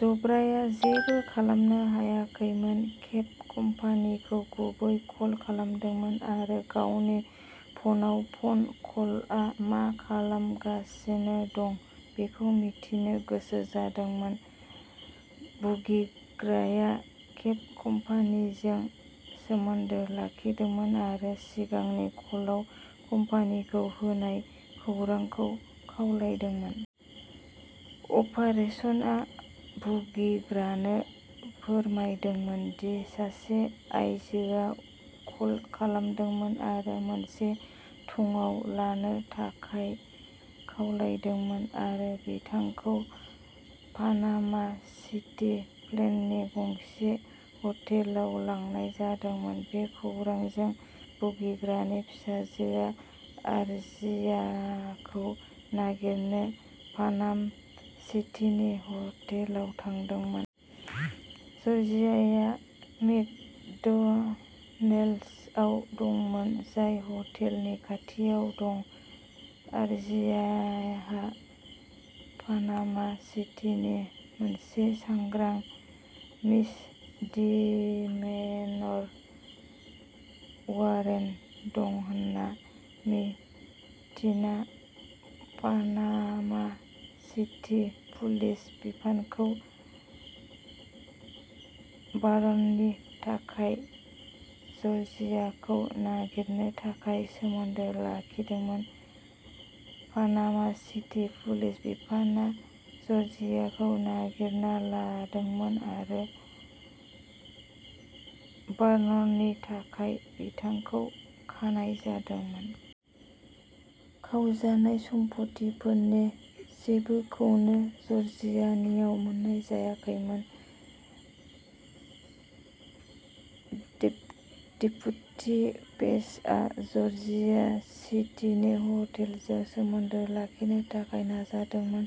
जब्राया जेबो खालामनो हायाखैमोन। केब कम्पानिखौ गुबै कल खालामदोंमोन आरो गावनि फनाव फन कलआ मा खालामगासिनो दं बेखौ मिथिनो गोसो जादोंमोन। भुगिग्राया केब कम्पानिजों सोमोन्दो लाखिदोंमोन आरो सिगांनि कलआव कम्पानिखौ होनाय खौरांखौ खावलायदोंमोन। अपारेसना भुगिग्रानो फोरमायदोंमोन दि सासे आइजोआ कल खालामदोंमोन आरो मोनसे थंआव लानो थाखाय खावलायदोंमोन आरो बिथांखौ पानामा सिटि फ्लेननि गंसे हटेलाव लांनाय जादोंमोन। बे खौरांजों भुगिग्रानि फिसाजोआ जर्जियाखौ नागिरनो पानामा सिटीनि हटेलाव थांदोंमोन। जर्जिया मेकडोनाल्ड्सआव दंमोन जाय हटेलनि खाथियाव दं। जर्जियाहा पानामा सिटीनि मोनसे सांग्रां मिसडिमेनर वारेन्ट दं होन्ना मिन्थिना पानामा सिटी पुलिस बिफानखौ वारन्टनि थाखाय जर्जियाखौ नागिरनो थाखाय सोमोन्दो लाखिदोंमोन। पानामा सिटी पुलिस बिफानआ जर्जियाखौ नागिरना लादोंमोन आरो वारन्टनि थाखाय बिथांखौ खानाय जादोंमोन। खावजानाय सम्पथिफोरनि जेबोखौबो जर्जियानियाव मोन्नाय जायाखैमोन। डेप्युटी पेजआ जर्जिया सिटिनि हटेलजों सोमोन्दो लाखिनो थाखाय नाजादोंमोन।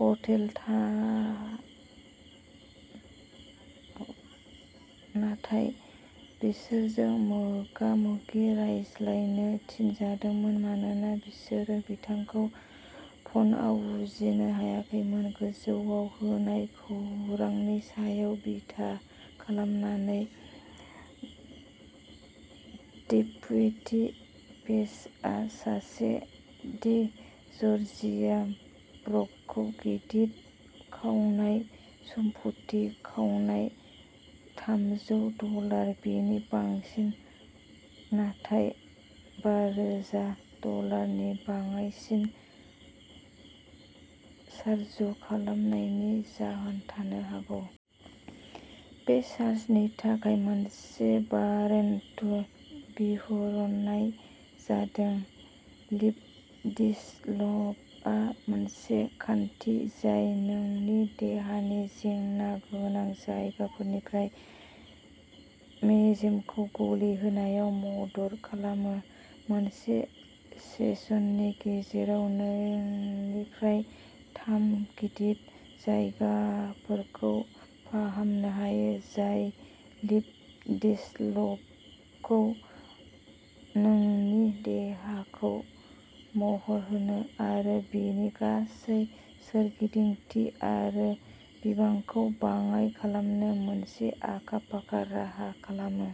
हटेल नाथाय बिसोरजों मोगामोगि रायज्लायनो थिनजादोंमोन मानोना बिसोरो बिथांखौ फनआव बुजिनो हायाखैमोन। गोजौआव होनाय खौरांनि सायाव बिथा खालामनानै डेप्युटी पेजआ सासे दि जर्जिया ब्रकखौ गिदिर खावनाय, सम्पथि खावनाय थामजौ डलार बेनि बांसिन नाथाय बारोजा डलारनि बाङाइसिन चार्ज खालामनायनि जाहोन थानो हागौ। बे चार्जनि थाखाय मोनसे वारेन्ट बिहरनाय जादों। लिप'डिसलभआ मोनसे खान्थि जाय नोंनि देहानि जेंना गोनां जायगाफोरनिफ्राय मेजेमखौ गलिहोनायाव मदद खालामो। मोनसे सेसननि गेजेराव नैनिफ्राय थाम गिदिर जायगाफोरखौ फाहामनो हायो। जाय लिप'डिसलभखौ नोंनि देहाखौ महर होनो आरो बेनि गासै सोरगिदिंथि आरो बिबांखौ बाङाइ खालामनो मोनसे आखा-फाखा राहा खालामो।